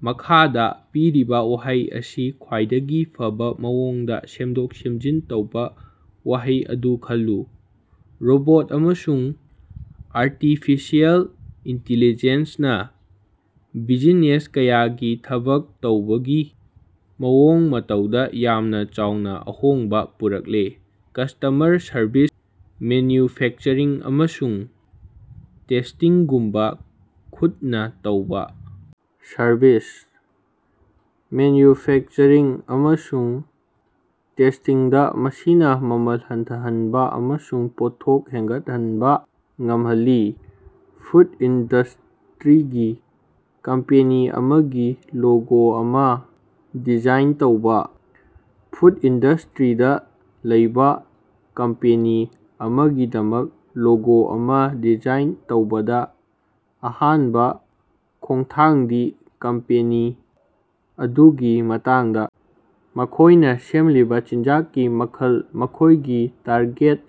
ꯃꯈꯥꯗꯥ ꯄꯤꯔꯤꯕꯥ ꯋꯥꯍꯩ ꯑꯁꯤ ꯈ꯭ꯋꯥꯏꯗꯒꯤ ꯐꯕ ꯃꯑꯣꯡꯗ ꯁꯦꯝꯗꯣꯛ-ꯁꯦꯝꯖꯤꯟ ꯇꯧꯕ ꯋꯥꯍꯩ ꯑꯗꯨ ꯈꯜꯂꯨ: ꯔꯣꯕꯣꯠ ꯑꯃꯁꯨꯡ ꯑꯥꯔꯇꯤꯐꯤꯁꯤꯑꯦꯜ ꯏꯟꯇꯤꯂꯤꯖꯦꯟꯁꯅ ꯕꯤꯖꯤꯅꯦꯁ ꯀꯌꯥꯒꯤ ꯊꯕꯛ ꯇꯧꯕꯒꯤ ꯃꯑꯣꯡ ꯃꯇꯧꯗ ꯌꯥꯝꯅ ꯆꯥꯎꯅ ꯑꯍꯣꯡꯕ ꯄꯨꯔꯛꯂꯦ꯫ ꯀꯁꯇꯃꯔ ꯁꯔꯕꯤꯁ ꯃꯦꯟꯌꯨꯐꯦꯛꯆꯔꯤꯡ ꯑꯃꯁꯨꯡ ꯇꯦꯁꯇꯤꯡꯒꯨꯝꯕ ꯈꯨꯠꯅ ꯇꯧꯕ ꯁꯔꯕꯤꯁ, ꯃꯦꯟꯌꯨꯐꯦꯀꯆꯔꯤꯡ ꯑꯃꯁꯨꯡ ꯇꯦꯁꯇꯤꯡꯗ ꯃꯁꯤꯅ ꯃꯃꯜ ꯍꯟꯊꯍꯟꯕ ꯑꯃꯁꯨꯡ ꯄꯣꯠꯊꯣꯛ ꯍꯦꯟꯒꯠꯍꯟꯕ ꯉꯝꯍꯜꯂꯤ꯫ ꯐꯨꯗ ꯏꯟꯗꯁꯇ꯭ꯔꯤꯒꯤ ꯀꯝꯄꯦꯅꯤ ꯑꯃꯒꯤ ꯂꯣꯒꯣ ꯑꯃ ꯗꯤꯖꯥꯏꯟ ꯇꯧꯕꯥ꯫ ꯐꯨꯗ ꯏꯟꯗꯁꯇ꯭ꯔꯤꯗ ꯂꯩꯕꯥ ꯀꯝꯄꯦꯅꯤ ꯑꯃꯒꯤꯗꯃꯛ ꯂꯣꯒꯣ ꯑꯃ ꯗꯤꯖꯥꯏꯟ ꯇꯧꯕꯗ ꯑꯍꯥꯟꯕ ꯈꯣꯡꯊꯥꯡꯗꯤ ꯀꯝꯄꯦꯅꯤ ꯑꯗꯨꯒꯤ ꯃꯇꯥꯡꯗ ꯃꯈꯣꯢꯅ ꯁꯦꯝꯂꯤꯕ ꯆꯤꯟꯖꯥꯛꯀꯤ ꯃꯈꯜ ꯃꯈꯣꯢꯒꯤ ꯇꯥꯔꯒꯦꯠ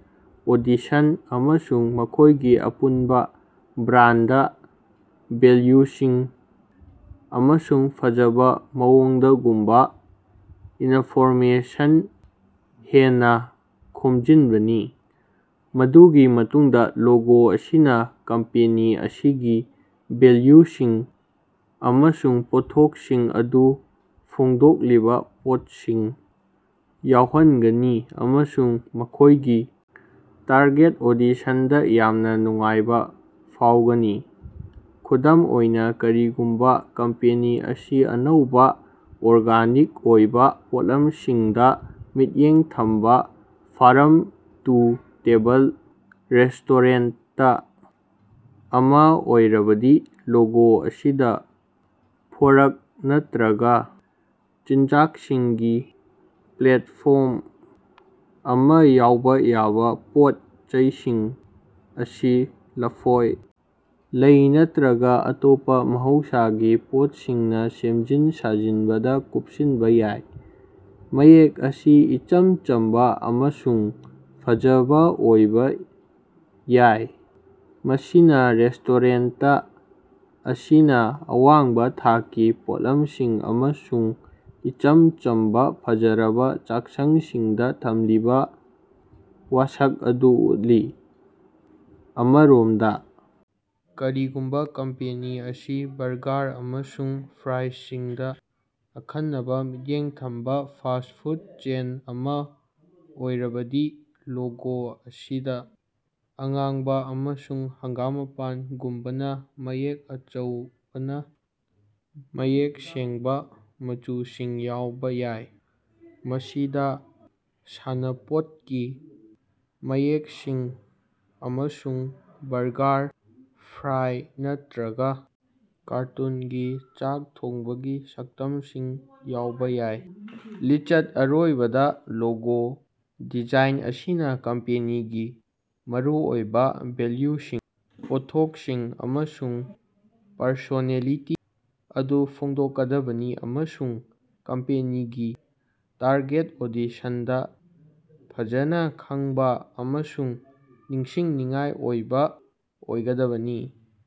ꯑꯣꯗꯤꯁꯟ ꯑꯃꯁꯨꯡ ꯃꯈꯣꯢꯒꯤ ꯑꯄꯨꯟꯕ ꯕ꯭ꯔꯥꯟꯗ ꯚꯦꯜꯌꯨꯁꯤꯡ ꯑꯃꯁꯨꯡ ꯐꯖꯕ ꯃꯑꯣꯡꯗꯒꯨꯝꯕ ꯏꯅꯐꯣꯔꯃꯦꯁꯟ ꯍꯦꯟꯅꯥ ꯈꯣꯝꯖꯤꯟꯕꯅꯤ꯫ ꯃꯗꯨꯒꯤ ꯃꯇꯨꯡꯗ ꯂꯣꯒꯣ ꯑꯁꯤꯅ ꯀꯝꯄꯦꯅꯤ ꯑꯁꯤꯒꯤ ꯚꯦꯜꯌꯨꯁꯤꯡ ꯑꯃꯁꯨꯡ ꯄꯣꯠꯊꯣꯛꯁꯤꯡ ꯑꯗꯨ ꯐꯣꯡꯗꯣꯛꯂꯤꯕ ꯄꯣꯠꯁꯤꯡ ꯌꯥꯎꯍꯟꯒꯅꯤ ꯑꯃꯁꯨꯡ ꯃꯈꯣꯢꯒꯤ ꯇꯥꯔꯒꯦꯠ ꯑꯣꯗꯤꯁꯟꯗ ꯌꯥꯝꯅ ꯅꯨꯡꯉꯥꯏꯕ ꯐꯥꯎꯒꯅꯤ꯫ ꯈꯨꯗꯝ ꯑꯣꯏꯅ ꯀꯔꯤꯒꯨꯝꯕ ꯀꯝꯄꯦꯅꯤ ꯑꯁꯤ ꯑꯅꯧꯕ ꯑꯣꯔꯒꯥꯅꯤꯛ ꯑꯣꯏꯕ ꯄꯣꯠꯂꯝꯁꯤꯡꯗ ꯃꯤꯠꯌꯦꯡ ꯊꯝꯕ ꯐꯥꯔꯝ-ꯇꯨ-ꯇꯦꯕꯜ ꯔꯦꯁꯇꯣꯔꯦꯟꯇ ꯑꯃ ꯑꯣꯏꯔꯕꯗꯤ ꯂꯣꯒꯣ ꯑꯁꯤꯗ ꯐꯣꯔꯛ ꯅꯠꯇ꯭ꯔꯒ ꯆꯤꯟꯖꯥꯛꯁꯤꯡꯒꯤ ꯄ꯭ꯂꯦꯠꯐꯣꯔꯝ ꯑꯃ ꯌꯥꯎꯕ ꯌꯥꯕ ꯄꯣꯠ ꯆꯩꯁꯤꯡ ꯑꯁꯤ ꯂꯐꯣꯏ, ꯂꯩ ꯅꯠꯇ꯭ꯔꯒ ꯑꯇꯣꯞꯄ ꯃꯍꯧꯁꯥꯒꯤ ꯄꯣꯠꯁꯤꯡꯅ ꯁꯦꯝꯖꯤꯟ ꯁꯥꯖꯤꯟꯕꯗ ꯀꯨꯞꯁꯤꯟꯕ ꯌꯥꯏ꯫ ꯃꯌꯦꯛ ꯑꯁꯤ ꯏꯆꯝ ꯆꯝꯕ ꯑꯃꯁꯨꯡ ꯐꯖꯕ ꯑꯣꯏꯕ ꯌꯥꯏ ꯃꯁꯤꯅ ꯔꯦꯁꯇꯣꯔꯦꯟꯇ ꯑꯁꯤꯅ ꯑꯋꯥꯡꯕ ꯊꯥꯛꯀꯤ ꯄꯣꯠꯂꯝꯁꯤꯡ ꯑꯃꯁꯨꯡ ꯏꯆꯝ ꯆꯝꯕ ꯐꯖꯔꯕ ꯆꯥꯛꯁꯪꯁꯤꯡꯗ ꯊꯝꯂꯤꯕꯥ ꯋꯥꯁꯛ ꯑꯗꯨ ꯎꯠꯂꯤ꯫ ꯑꯃꯔꯣꯝꯗ ꯀꯔꯤꯒꯨꯝꯕꯥ ꯀꯝꯄꯦꯅꯤ ꯑꯁꯤ ꯕꯔꯒꯥꯔ ꯑꯃꯁꯨꯡ ꯐ꯭ꯔꯥꯏꯁꯤꯡꯗ ꯑꯈꯟꯅꯕ ꯃꯤꯠꯌꯦꯡ ꯊꯝꯕ ꯐꯥꯁ꯭ꯠ ꯐꯨꯗ ꯆꯦꯟ ꯑꯃ ꯑꯣꯏꯔꯕꯗꯤ ꯂꯣꯒꯣ ꯑꯁꯤꯗ ꯑꯉꯥꯡꯕ ꯑꯃꯁꯨꯡ ꯍꯥꯒꯥꯝꯄꯥꯟꯒꯨꯝꯕꯅ ꯃꯌꯦꯛ ꯑꯆꯧꯕꯅ ꯃꯌꯦꯛ ꯁꯦꯡꯕ ꯃꯆꯨꯁꯤꯡ ꯌꯥꯎꯕ ꯌꯥꯏ ꯃꯁꯤꯗꯥ ꯁꯥꯟꯅꯄꯣꯠꯀꯤ ꯃꯌꯦꯛꯁꯤꯡ ꯑꯃꯁꯨꯡ ꯕꯔꯒꯥꯔ, ꯐ꯭ꯔꯥꯏ ꯅꯠꯇ꯭ꯔꯒ ꯀꯥꯔꯇꯨꯟꯒꯤ ꯆꯥꯛ ꯊꯣꯡꯕꯒꯤ ꯁꯛꯇꯝꯁꯤꯡ ꯌꯥꯎꯕ ꯌꯥꯏ꯫ ꯂꯤꯆꯠ ꯑꯔꯣꯏꯕꯗ ꯂꯣꯒꯣ ꯗꯤꯖꯥꯏꯟ ꯑꯁꯤꯅ ꯀꯝꯄꯦꯅꯤꯒꯤ ꯃꯔꯨꯑꯣꯏꯕ ꯚꯦꯜꯌꯨꯁꯤꯡ ꯄꯣꯠꯊꯣꯛꯁꯤꯡ ꯑꯃꯁꯨꯡ ꯄꯔꯁꯣꯅꯦꯂꯤꯇꯤ ꯑꯗꯨ ꯐꯣꯡꯗꯣꯛꯀꯗꯕꯅꯤ ꯑꯃꯁꯨꯡ ꯀꯝꯄꯦꯅꯤꯒꯤ ꯇꯥꯔꯒꯦꯠ ꯑꯣꯗꯤꯁꯟꯗ ꯐꯖꯅ ꯈꯡꯕ ꯑꯃꯁꯨꯡ ꯅꯤꯡꯁꯤꯡꯅꯤꯡꯉꯥꯏ ꯑꯣꯏꯕ ꯑꯣꯏꯒꯗꯕꯅꯤ꯫